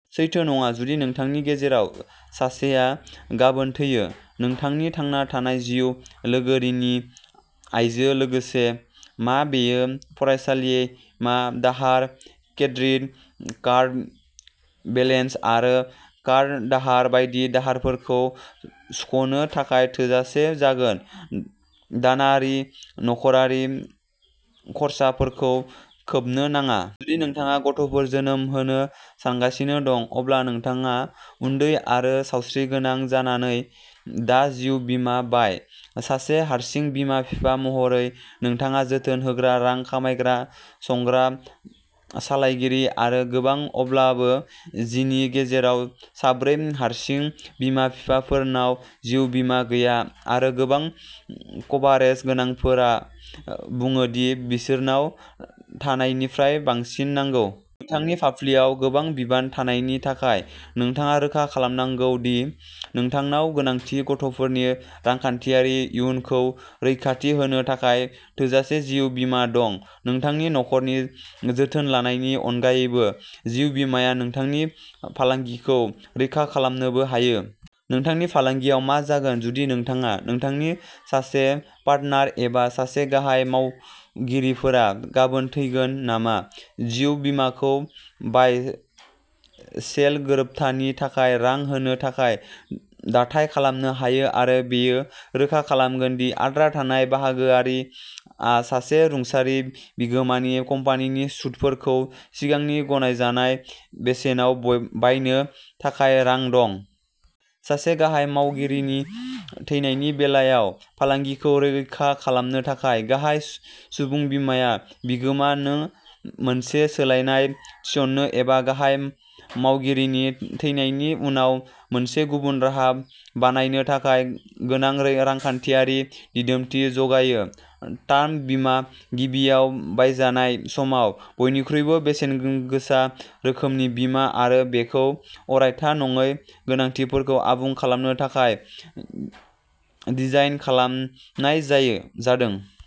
सैथो नङा। जुदि नोंथांनि गेजेराव सासेआ गाबोन थैयो? नोंथांनि थांना थानाय जिउ लोगोरिनि आयजो लोगोसे, मा बेयो फरायसालिमा दाहार, क्रेडिट कार्ड बेलेन्स आरो कार दाहार बायदि दाहारफोरखौ सुख'नो थाखाय थोजासे जागोन, दानारि नख'रारि खर्साफोरखौ खोबनो नाङा। जुदि नोंथाङा गथ'फोर जोनोम होनो सानगासिनो दं, अब्ला नोंथाङा उन्दै आरो सावस्रिगोनां जानानै दा जिउ बीमा बाय। सासे हारसिं बिमा-फिफा महरै, नोंथाङा जोथोन होग्रा, रां खामायग्रा, संग्रा, सालायगिरि आरो गोबां। अब्लाबो जिनि गेजेराव साब्रै हारसिं बिमा-फिफाफोरनाव जिउ बीमा गैया आरो गोबां कभारेज गोनांफोरा बुङो दि बिसोरनाव थानायनिफ्राय बांसिन नांगौ। नोंथांनि फाफ्लियाव गोबां बिबान थानायनि थाखाय, नोंथाङा रोखा खालामनांगौ दि नोंथांनाव गोनांथि गथ'फोरनि रांखान्थियारि इयुनखौ रैखाथि होनो थाखाय थोजासे जिउ बीमा दं। नोंथांनि नखरनि जोथोन लानायनि अनगायैबो, जिउ बीमाया नोंथांनि फालांगिखौ रैखा खालामनोबो हायो। नोंथांनि फालांगियाव मा जागोन जुदि नोंथाङा, नोंथांनि सासे पार्टनार एबा सासे गाहाय मावगिरिफोरा गाबोन थैगोन नामा? जिउ बीमाखौ बाय-सेल गोरोबथानि थाखाय रां होनो थाखाय दाथाइ खालामनो हायो। आरो बेयो रोखा खालामगोन दि आद्रा थानाय बाहागोआरि आ सासे रुंसारि बिगोमानि कम्पानिनि सुदफोरखौ सिगांनि गनायजानाय बेसेनाव बय बायनो थाखाय रां दं। सासे गाहाय मावगिरिनि थैनायनि बेलायाव फालांगिखौ रैखा खालामनो थाखाय, गाहाय सु सुबुं बीमाया बिगोमा नो मोनसे सोलायनाय थिसननो एबा गाहाय मावगिरिनि थैनायनि उनाव मोनसे गुबुन राहा बानायनो थाखाय गोनां रैरांखान्थियारि दिदोमथि जगायो। टार्म बीमा गिबियाव बायजानाय समाव बयनिख्रुइबो बेसेनगोगोसा रोखोमनि बीमा आरो बेखौ अरायथा नङै गोनांथिफोरखौ आबुं खालामनो थाखाय डिजाइन खालामनाय जायो जादों।